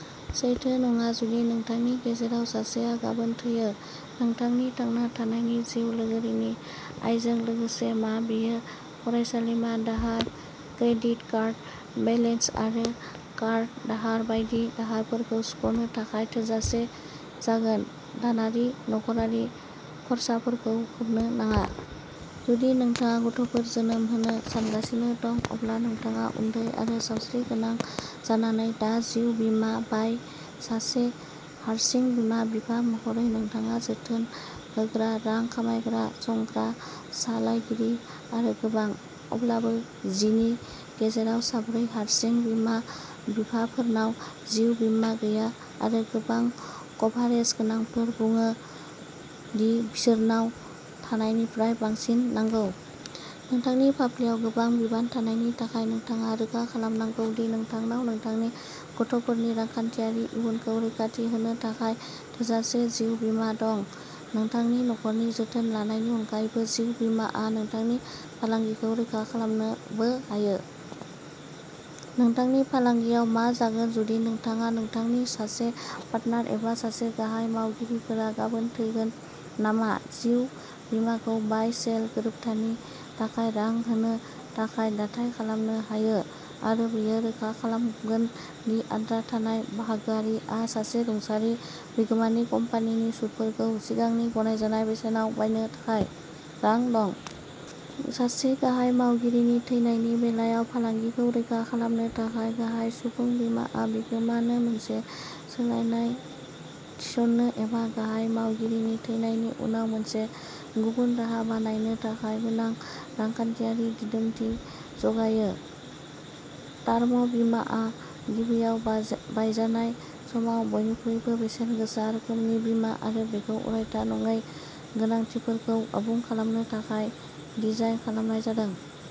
सैथो नङा। जुदि नोंथांनि गेजेराव सासेआ गाबोन थैयो? नोंथांनि थांना थानाय जिउ लोगोरिनि आयजों लोगोसे, मा बेयो फरायसालिमा दाहार, क्रेडिट कार्ड बेलेन्स आरो कार दाहार बायदि दाहारफोरखौ सुख'नो थाखाय थोजासे जागोन, दानारि नख'रारि खर्साफोरखौ खोबनो नाङा। जुदि नोंथाङा गथ'फोर जोनोम होनो सानगासिनो दं, अब्ला नोंथाङा उन्दै आरो सावस्रिगोनां जानानै दा जिउ बीमा बाय। सासे हारसिं बिमा-बिफा महरै, नोंथाङा जोथोन होग्रा, रां खामायग्रा, संग्रा, सालायगिरि आरो गोबां। अब्लाबो जिनि गेजेराव साब्रै हारसिं बिमा-बिफाफोरनाव जिउ बीमा गैया आरो गोबां कभारेज गोनांफोरा बुङो दि बिसोरनाव थानायनिफ्राय बांसिन नांगौ। नोंथांनि फाफ्लियाव गोबां बिबान थानायनि थाखाय, नोंथाङा रोखा खालामनांगौ दि नोंथांनाव नोंथांनि गथ'फोरनि रांखान्थियारि इयुनखौ रैखाथि होनो थाखाय थोजासे जिउ बीमा दं। नोंथांनि नखरनि जोथोन लानायनि अनगायैबो, जिउ बीमाआ नोंथांनि फालांगिखौ रैखा खालामनोबो हायो। नोंथांनि फालांगियाव मा जागोन जुदि नोंथाङा, नोंथांनि सासे पार्टनार एबा सासे गाहाय मावगिरिफोरा गाबोन थैगोन नामा? जिउ बीमाखौ बाय-सेल गोरोबथानि थाखाय रां होनो थाखाय दाथाइ खालामनो हायो आरो बेयो रोखा खालामगोन दि आद्रा थानाय बाहागोआरि आ सासे रुंसारि बिगोमानि कम्पानिनि सुदफोरखौ सिगांनि गनायजानाय बेसेनाव बायनो थाखाय रां दं। सासे गाहाय मावगिरिनि थैनायनि बेलायाव फालांगिखौ रैखा खालामनो थाखाय, गाहाय सुबुं बीमाआ बिगोमा नो मोनसे सोलायनाय थिसननो एबा गाहाय मावगिरिनि थैनायनि उनाव मोनसे गुबुन राहा बानायनो थाखाय गोनां रांखान्थियारि दिदोमथि जगायो। टार्म बीमाआ गिबियाव बायजानाय समाव बयनिख्रुइबो बेसेनगोसा रोखोमनि बीमा आरो बेखौ अरायथा नङै गोनांथिफोरखौ आबुं खालामनो थाखाय डिजाइन खालामनाय जादों।